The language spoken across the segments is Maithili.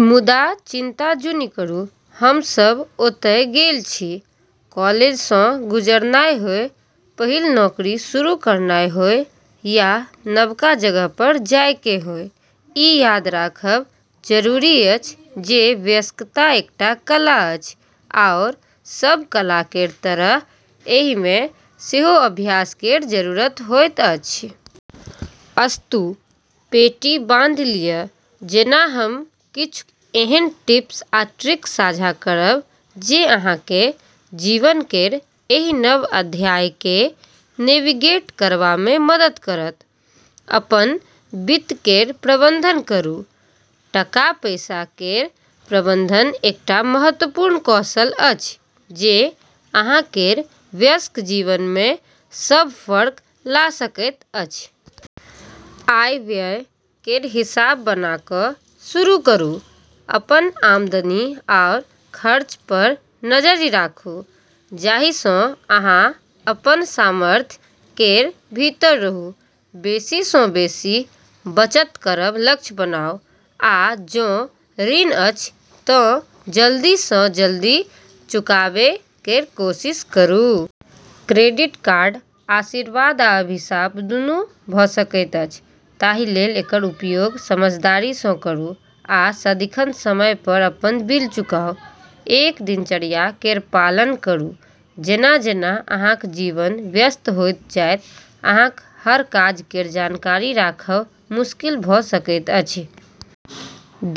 मुदा चिन्ता जुनि करू-हम सभ ओतय गेल छी। कॉलेज सँ गुजरनाय होय, पहिल नौकरी शुरू करनाय होय, या नवका जगह पर जाय केँ होय, ई याद राखब जरूरी अछि जे वयस्कता एकटा कला अछि, आओर सभ कला केर तरह एहि मे सेहो अभ्यास केर जरूरत होइत अछि। अस्तु, पेटी बाँधि लियऽ जेना हम किछु एहन टिप्स आ ट्रिक साझा करब जे अहाँ केँ जीवन केर एहि नव अध्याय केँ नेविगेट करबा मे मदद करत। अपन वित्त केर प्रबंधन करू। टका-पैसा केर प्रबंधन एकटा महत्वपूर्ण कौशल अछि जे अहाँ केर वयस्क जीवन मे सब फर्क ला सकैत अछि। आय-व्यय केर हिसाब बना कऽ शुरू करू, अपन आमदनी आओर खर्च पर नजरि राखू जाहि सँ अहाँ अपन सामर्थ्य केर भीतर रहू। बेसी सँ बेसी बचत करब लक्ष्य बनाऊ, आ जों ऋण अछि तँ जल्दी सँ जल्दी चुकाबै केर कोशिश करू। क्रेडिट कार्ड आशीर्वाद आ अभिशाप दुनू भऽ सकैत अछि, ताहि लेल एकर उपयोग समझदारी सँ करू आ सदिखन समय पर अपन बिल चुकाऊ। एक दिनचर्या केर पालन करू। जेना-जेना अहाँक जीवन व्यस्त होइत जायत, अहाँक हर काज केर जानकारी राखब मुश्किल भऽ सकैत अछि।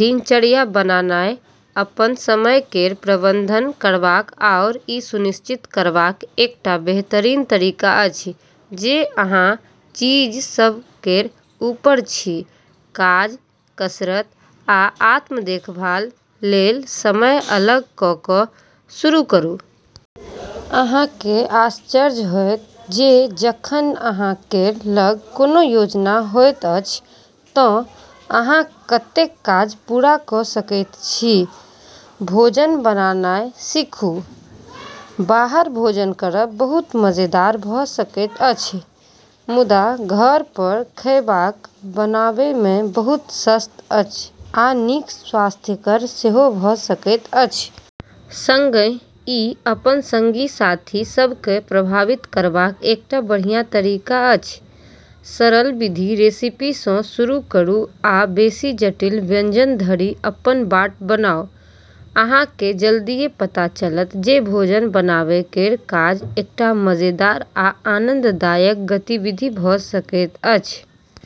दिनचर्या बनानाइ अपन समय केर प्रबंधन करबाक आओर ई सुनिश्चित करबाक एकटा बेहतरीन तरीका अछि जे अहाँ चीज सभ केर ऊपर छी। काज, कसरत, आ आत्म-देखभाल लेल समय अलग कऽ कऽ शुरू करू। अहाँ केँ आश्चर्य होयत जे जखन अहाँ केर लग कोनो योजना होइत अछि तँ अहाँ कतेक काज पूरा कऽ सकैत छी। भोजन बनानाइ सीखू। बाहर भोजन करब बहुत मजेदार भऽ सकैत अछि, मुदा घर पर खैबाक बनाबै मे बहुत सस्त अछि आ नीक स्वास्थ्यकर सेहो भऽ सकैत अछि। संगहि, ई अपन संगी-साथी सभ केँ प्रभावित करबाक एकटा बढ़िया तरीका अछि! सरल विधि रेसिपी सँ शुरू करू आ बेसी जटिल व्यंजन धरि अपन बाट बनाऊ। अहाँ केँ जल्दिये पता चलत जे भोजन बनाबै केर काज एकटा मजेदार आ आनंददायक गतिविधि भऽ सकैत अछि।